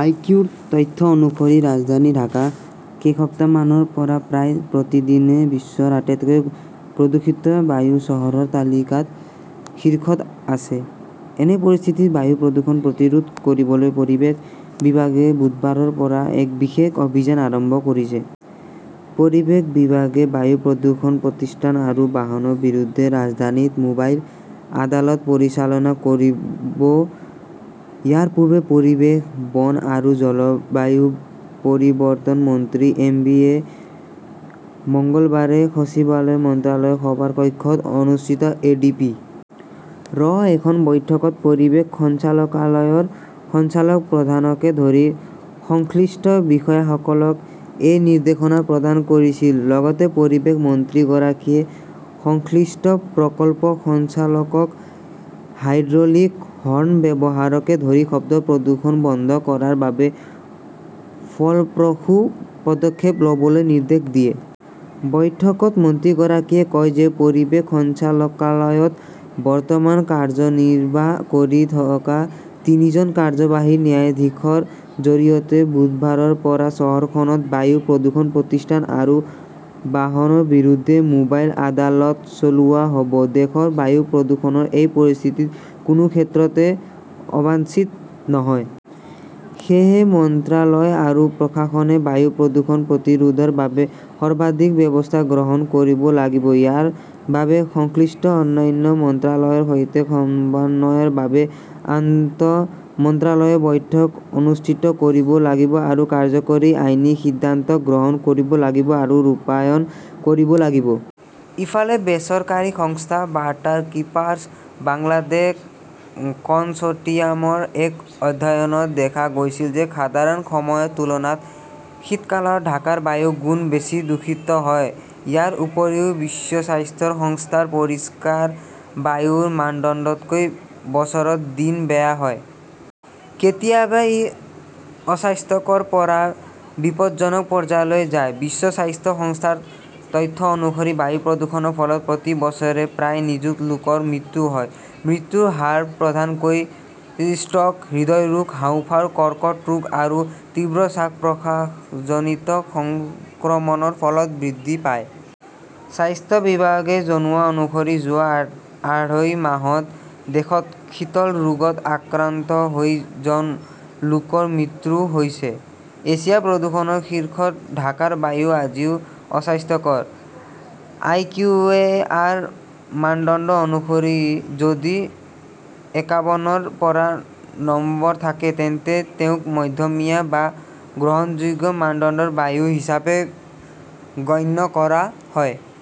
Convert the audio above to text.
আই. Q. ৰ তথ্য অনুসৰি, ৰাজধানী ঢাকা কেইসপ্তাহমানৰ পৰা প্ৰায় প্ৰতিদিনে বিশ্বৰ আটাইতকৈ প্ৰদূষিত বায়ু চহৰৰ তালিকাত শীৰ্ষত আছে। এনে পৰিস্থিতিত বায়ু প্ৰদূষণ প্ৰতিৰোধ কৰিবলৈ পৰিৱেশ বিভাগে বুধবাৰৰ পৰা এক বিশেষ অভিযান আৰম্ভ কৰিছে। পৰিৱেশ বিভাগে বায়ু প্ৰদূষণ প্ৰতিষ্ঠান আৰু বাহনৰ বিৰুদ্ধে ৰাজধানীত মোবাইল আদালত পৰিচালনা কৰিব। ইয়াৰ পূৰ্বে, পৰিৱেশ, বন আৰু জলবায়ু পৰিৱৰ্তন মন্ত্ৰী এম. ডি. য়ে মঙলবাৰে সচিবালয়ত মন্ত্ৰালয়ৰ সভা কক্ষত অনুষ্ঠিত এ. ডি. পি. ৰ এখন বৈঠকত পৰিৱেশ সঞ্চালকালয়ৰ সঞ্চালক প্ৰধানকে ধৰি সংশ্লিষ্ট বিষয়াসকলক এই নিৰ্দেশনা প্ৰদান কৰিছিল। লগতে পৰিৱেশ মন্ত্ৰীগৰাকীয়ে সংশ্লিষ্ট প্ৰকল্প সঞ্চালকক হাইড্ৰলিক হৰ্ন ব্যৱহাৰকে ধৰি শব্দ প্ৰদূষণ বন্ধ কৰাৰ বাবে ফলপ্ৰসূ পদক্ষেপ ল'বলৈ নিৰ্দেশ দিয়ে। বৈঠকত মন্ত্ৰীগৰাকীয়ে কয় যে, পৰিৱেশ সঞ্চালকালয়ত বৰ্তমান কাৰ্যনিৰ্বাহ কৰি থকা তিনিজন কাৰ্যবাহী ন্যায়াধীশৰ জৰিয়তে বুধবাৰৰ পৰা চহৰখনত বায়ু প্ৰদূষণ প্ৰতিষ্ঠান আৰু বাহনৰ বিৰুদ্ধে মোবাইল আদালত চলোৱা হ'ব। দেশৰ বায়ু প্ৰদূষণৰ এই পৰিস্থিতি কোনো ক্ষেত্ৰতে অবাঞ্ছিত নহয়। সেয়েহে, মন্ত্ৰালয় আৰু প্ৰশাসনে বায়ু প্ৰদূষণ প্ৰতিৰোধৰ বাবে সৰ্বাধিক ব্যৱস্থা গ্ৰহণ কৰিব লাগিব। ইয়াৰ বাবে সংশ্লিষ্ট অন্যান্য মন্ত্ৰালয়ৰ সৈতে সমন্বয়ৰ বাবে আন্তঃ মন্ত্ৰালয়ৰ বৈঠক অনুষ্ঠিত কৰিব লাগিব আৰু কাৰ্যকৰী আইনী সিদ্ধান্ত গ্ৰহণ কৰিব লাগিব আৰু ৰূপায়ণ কৰিব লাগিব। ইফালে, বেচৰকাৰী সংস্থা ৱাটাৰকীপাৰ্ছ বাংলাদেশ কনচৰ্টিয়ামৰ এক অধ্যয়নত দেখা গৈছে যে সাধাৰণ সময়ৰ তুলনাত শীতকালত ঢাকাৰ বায়ু গুণ বেছি দূষিত হয়। ইয়াৰ উপৰিও, বিশ্ব স্বাস্থ্য সংস্থাৰ পৰিষ্কাৰ বায়ুৰ মানদণ্ডতকৈ বছৰত দিন বেয়া হয়। কেতিয়াবা ই অস্বাস্থ্যকৰৰ পৰা বিপদজনক পৰ্যায়লৈ যায়। বিশ্ব স্বাস্থ্য সংস্থাৰ তথ্য অনুসৰি, বায়ু প্ৰদূষণৰ ফলত প্ৰতি বছৰে প্ৰায় নিযুত লোকৰ মৃত্যু হয়। মৃত্যুৰ হাৰ প্ৰধানকৈ ষ্ট্ৰ 'ক, হৃদৰোগ, হাঁওফাঁওৰ কৰ্কট ৰোগ আৰু তীব্ৰ শ্বাস-প্ৰশ্বাসজনিত সংক্ৰমণৰ ফলত বৃদ্ধি পায়। স্বাস্থ্য বিভাগে জনোৱা অনুসৰি যোৱা আঢ়ৈ মাহত দেশত শীতল ৰোগত আক্ৰান্ত হৈ জন লোকৰ মৃত্যু হৈছে। এছিয়া প্ৰদূষণৰ শীৰ্ষত ঢাকাৰ বায়ু আজিও অস্বাস্থ্যকৰ। আই. কিউ. এ. আৰ. মানদণ্ড অনুসৰি, যদি এক্কাৱনৰ পৰা নম্বৰ থাকে তেন্তে তেওঁক মধ্যমীয়া বা গ্ৰহণযোগ্য মানদণ্ডৰ বায়ু হিচাপে গণ্য কৰা হয়।